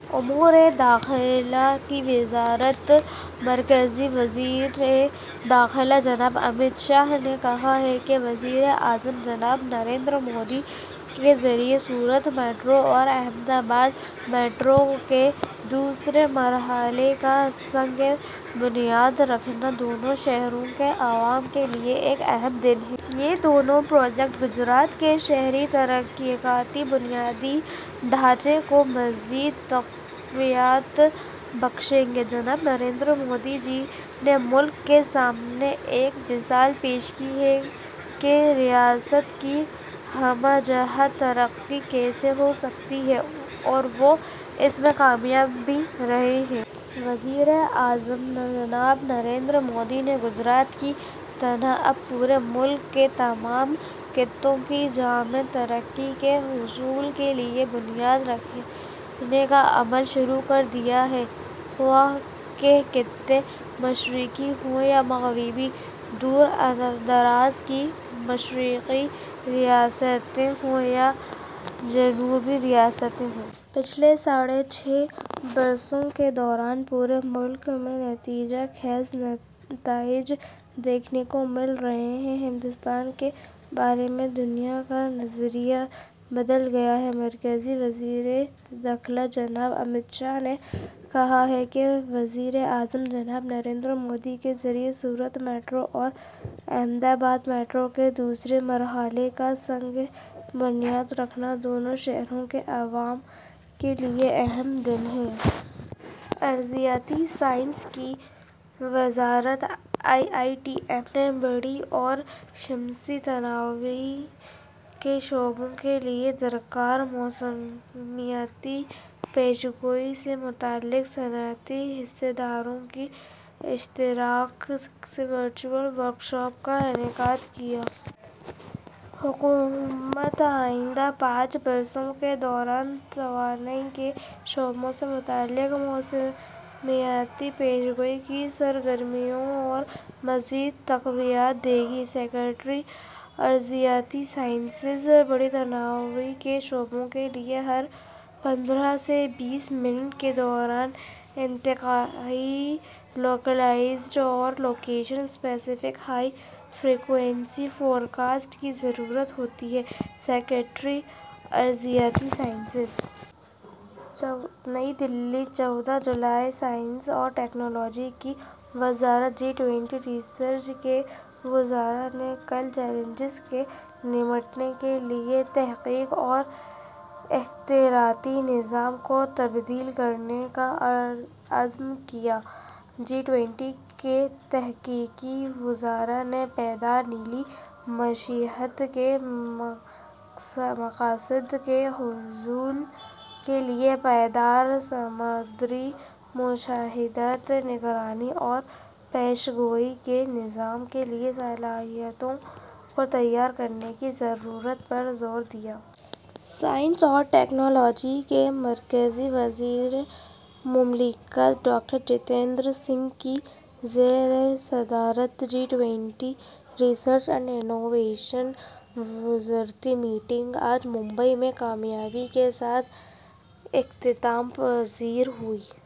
امور داخلہ کی وزارت مرکزی وزیر داخلہ جناب امیت شاہ نے کہا ہے کہ وزیر اعظم جناب نریندر مودی کے ذریعہ سورت میٹرو اور احمد آباد میٹرو کے دوسرے مرحلے کا سنگِ بنیاد رکھنا دونوں شہروں کے عوام کے لیے ایک اہم دن ہے۔ یہ دونوں پروجیکٹ گجرات کے شہری ترقیاتی بنیادی ڈھانچے کو مزید تقویت بخشیں گے۔ جناب نریندر مودی جی نے ملک کے سامنے ایک مثال پیش کی ہے کہ ریاست کی ہمہ جہت ترقی کیسے ہو سکتی ہے اور وہ اس میں کامیاب بھی رہے ہیں۔ وزیر اعظم جناب نریندر مودی نے گجرات کی طرح اب پورے ملک کے تمام خطوں کی جامع ترقی کے حصول کے لیے بنیاد رکھنے کا عمل شروع کر دیا ہے، خواہ یہ خطے مشرقی ہوں یا مغربی، دور دراز کی مشرقی ریاستیں ہوں یا جنوبی ریاستیں ہوں۔ پچھلے ساڑھے چھ برسوں کے دوران پورے ملک میں نتیجہ خیز نتائج دیکھنے کو مل رہے ہیں، ہندوستان کے بارے میں دنیا کا نظریہ بدل گیا ہے۔ مرکزی وزیر داخلہ جناب امیت شاہ نے کہا ہے کہ وزیر اعظم جناب نریندر مودی کے ذریعہ سورت میٹرو اور احمد آباد میٹرو کے دوسرے مرحلے کا سنگِ بنیاد رکھنا دونوں شہروں کے عوام کے لیے ایک اہم دن ہے۔ ارضیاتی سائنس کی وزارت آئی آئی ٹی ایم نے بادی اور شمسی توانائی کے شعبوں کے لیے درکار موسمیاتی پیش گوئی کے متعلق صنعتی حصص داروں کے اشتراک سے ورچوئل ورکشاپ کا انعقاد کیا۔ حکومت آئندہ پانچ برسوں کے دوران توانائی کے شعبے سے متعلق موسمیاتی پیش گوئی کی سرگرمیوں کو مزید تقویت دے گی: سکریٹری ارضیاتی سائنسز۔ بادی توانائی کے شعبے کے لیے ہر پندرہ سے بیس منٹ کے دوران انتہائی لوکلائزڈ اور location specific high frequency forecast کی ضرورت ہوتی ہے: سکریٹری ارضیاتی سائنسز۔ نئی دہلی، چودہ جولائی۔ سائنس اور ٹیکنالوجی کی وزارت جی ٹوئنٹی ریسرچ کے وزراء نے کل کے چیلنجوں سے نمٹنے کے لیے تحقیق اور اختراعی نظام کو تبدیل کرنے کا عزم کیا۔ جی ٹوئنٹی کے تحقیقی وزراء نے پائیدار نیلی معیشت کے مقاصد کے حصول کے لیے پائیدار سمندری مشاہدات، نگرانی اور پیشن گوئی کے نظام کے لیے صلاحیتوں کو تیار کرنے کی ضرورت پر زور دیا۔ سائنس اور ٹیکنالوجی کے مرکزی وزیر مملکت ڈاکٹر جتیندر سنگھ کی زیر صدارت G twenty research and innovation وزارتی میٹنگ آج ممبئی میں کامیابی کے ساتھ اختتام پذیر ہوئی۔